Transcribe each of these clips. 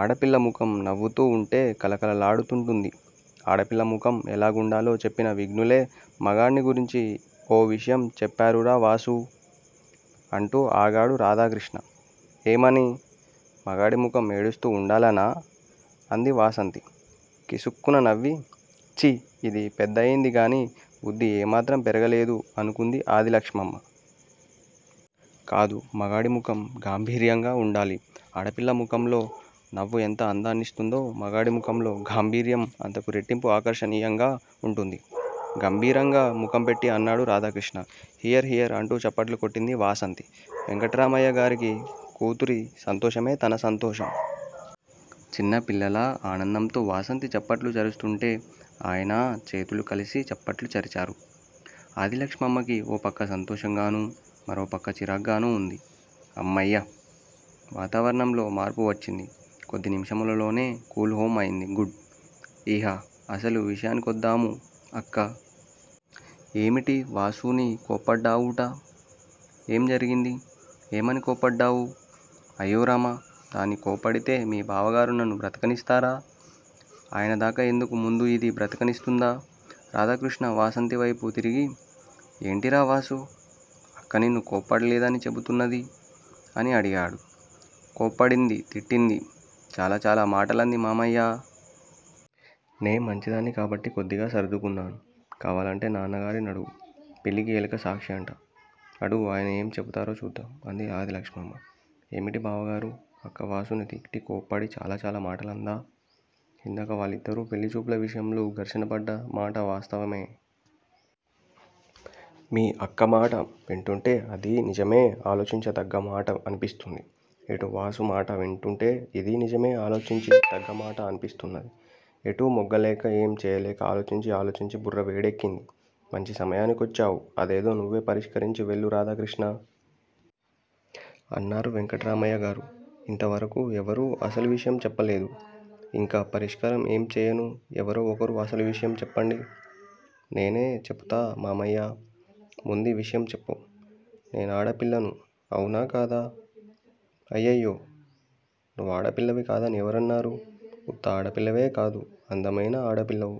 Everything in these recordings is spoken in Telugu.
ఆడపిల్ల ముఖం నవ్వుతూ వుంటే కళకళలాడుతుంటుంది. ఆడపిల్ల ముఖం ఎలాగుండాలో చెప్పిన విజ్ఞులే మగాణ్ని గురించి ఓ విషయం చెప్పారురా వాసూ! అంటూ ఆగాడు రాధాకృష్ణ. ఏమని? మగాడి ముఖం ఏడుస్తూ వుండాలనా? అంది వాసంతి కిసుక్కున నవ్వి. ఛీ ఇది పెద్దదయిందిగాని బుద్ధి ఏమాత్రం పెరగలేదు అనుకుంది ఆదిలక్షమ్మ. కాదు. మగాడి ముఖం గాంభీర్యంగా వుండాలి. ఆడపిల్ల ముఖంలో నవ్వు ఎంత అందాన్నిస్తుందో మగాడి ముఖంలో గాంభీర్యం అంతకు రెట్టింపు ఆకర్షణీయంగా వుంటుంది. గంభీరంగా ముఖం పెట్టి అన్నాడు రాధాకృష్ణ. హియర్ హియర్ అంటూ చప్పట్లు కొట్టింది వాసంతి. వెంకట్రామయ్యగారికి కూతురి సంతోషమే తన సంతోషం. చిన్న పిల్లలా ఆనందంతో వాసంతి చప్పట్లు చరుస్తుంటే ఆయనా చేతులు కలిసి చప్పట్లు చరిచారు. ఆదిలక్షమ్మకి ఓ పక్క సంతోషంగాను మరో పక్క చిరాగ్గాను వుంది. అమ్మయ్య! వాతావరణంలో మార్పు వచ్చింది కొద్ది నిమిషములలోనే కూల్ హోమ్ అయింది. గుడ్. ఇహ అసలు విషయానికొద్దాము. అక్కా! ఏమిటి వాసూని కోప్పడ్డావుట? ఏం జరిగింది? ఏమని కోప్పడ్డావు? అయ్యోరామ! దాన్ని కోప్పడితే మీ బావగారు నన్ను బ్రతకనిస్తారా? ఆయనదాకా ఎందుకు ముందు యిది బ్రతకనిస్తుందా? రాధాకృష్ణ వాసంతివైపు తిరిగి. ఏంటిరా వాసూ! అక్క నిన్ను కోప్పడలేదని చెపుతున్నది? అని అడిగాడు. కోప్పడింది తిట్టింది. చాలాచాలా మాటలంది మామయ్యా! నే మంచిదాన్ని కాబట్టి కొద్దిగా సర్దుకున్నాను. కావాలంటే నాన్నగారినడుగు. పిల్లికి ఎలుక సాక్ష్యంట. అడుగు ఆయన ఏం చెపుతారో చూద్దాం అంది ఆదిలక్షమ్మ. ఏమిటి బావగారూ! అక్క వాసూని తిట్టి కోప్పడి చాలా చాలా మాటలందా! ఇందాక వాళ్ళిద్దరూ పెళ్ళిచూపుల విషయంలో ఘర్షణ పడ్డ మాట వాస్తవమే. మీ అక్క మాట వింటుంటే అదీ నిజమే ఆలోచించతగ్గ మాట అనిపిస్తుంది. ఇటు వాసు మాట వింటుంటే ఇదీ నిజమే ఆలోచించి తగ్గ మాటే అనిపిస్తున్నది. ఎటూ మొగ్గలేక ఏం చెయ్యలేక ఆలోచించి ఆలోచించి బుర్ర వేడెక్కింది. మంచి సమయానికొచ్చావ్ అదేదో నువ్వే పరిష్కరించి వెళ్ళు రాధాకృష్ణా! అన్నారు వెంకట్రామయ్యగారు. ఇంతవరకూ ఎవరూ అసలు విషయం చెప్పలేదు. ఇంక పరిష్కారం ఏం చెయ్యను ఎవరో ఒకరు అసలు విషయం చెప్పండి. నేనే చెపుతా మామయ్యా! ముందీ విషయం చెప్పు. నేనాడపిల్లను అవునా కాదా? అయ్యయ్యో! నువ్వాడపిల్లవి కాదని ఎవరన్నారు? ఉత్త ఆడపిల్లవేకాదు అందమైన ఆడపిల్లవు.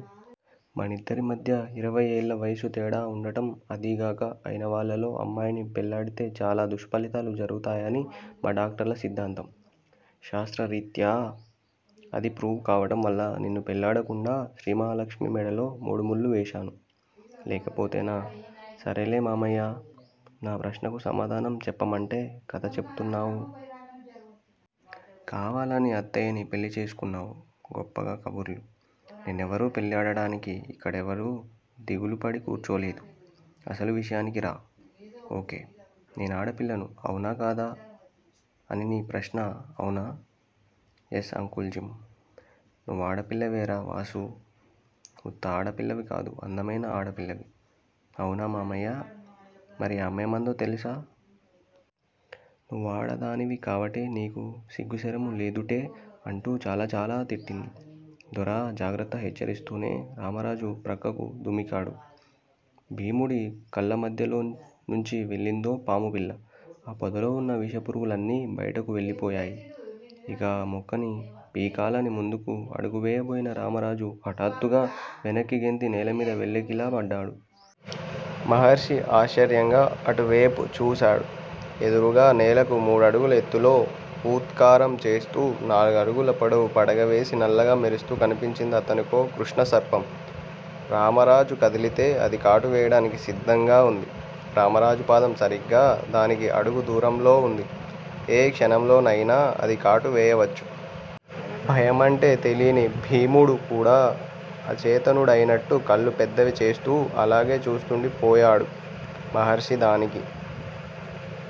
మనిద్దరిమధ్య యిరవై ఏళ్ళ వయసు తేడా వుండటం అదీగాక అయినవాళ్ళలో అమ్మాయిని పెళ్లాడితే చాలా దుష్పలితాలు జరుగుతాయని మా డాక్టర్ల సిద్ధాంతం. శాస్త్రరీత్యా అది ప్రూవ్ కావటం వల్ల నిన్ను పెళ్ళాడకుండా శ్రీమహాలక్ష్మి మెడలో మూడుముళ్ళు వేశాను. లేకపోతేనా? సరేలే మామయ్య! నా ప్రశ్నకు సమాధానం చెప్పమంటే కథ చెపుతున్నావు. కావాలని అత్తయ్యని పెళ్ళిచేసుకున్నావు. గొప్పగ కబుర్లు. నిన్నెవరూ పెళ్ళాడటానికి ఇక్కడెవరు దిగులుపడి కూర్చోలేదు. అసలు విషయానికిరా. ఓకే. నేనాడపిల్లను అవునా కాదా? అని నీ ప్రశ్న అవునా! Yes uncle Jim. నువ్వాడపిల్లవేరా వాసూ! ఉత్త ఆడపిల్లకాదు అందమైన ఆడపిల్లవి. అవునా మామయ్య! మరి అమ్మేమందో తెలుసా! నువ్వాడదానివి కావటే నీకు సిగ్గు సెరము లేదుటే! అంటూ చాలాచాలా తిట్టింది. దొరా జాగ్రత్త హెచ్చరిస్తూనే రామరాజు ప్రక్కకు దుమికాడు. భీముడి కళ్ళమధ్యలోనుంచి వెళ్ళిందో పాముపిల్ల. ఆ పొదలోవున్న విషపురుగులన్నీ బయటికి వెళ్ళిపోయాయి. ఇక ఆ మొక్కని పీకాలని ముందుకు అడుగువేయబోయిన రామరాజు హఠాత్తుగా వెనక్కి గెంతి నేలమీద వెల్లకిలా పడ్డాడు. మహర్షి ఆశ్చర్యంగా అటువేపు చూసాడు. ఎదురుగా నేలకు మూడడుగుల ఎత్తులో ఊత్కారం చేస్తూ నాలుగడుగుల పొడవు పడగవేసి నల్లగా మెరుస్తూ కనిపించిందతనకో కృష్ణసర్పం. రామరాజు కదిలితే అది కాటు వేయడానికి సిద్ధంగా వుంది. రామరాజు పాదం సరిగ్గా దానికి అడుగు దూరంలో వుంది. ఏ క్షణంలోనయినా అది కాటు వేయవచ్చు. భయమంటే తెలీని భీముడు కూడా అచేతనుడైనట్టు కళ్ళు పెద్దవి చేస్తూ అలాగే చూస్తుండిపోయాడు. మహర్షి దానికి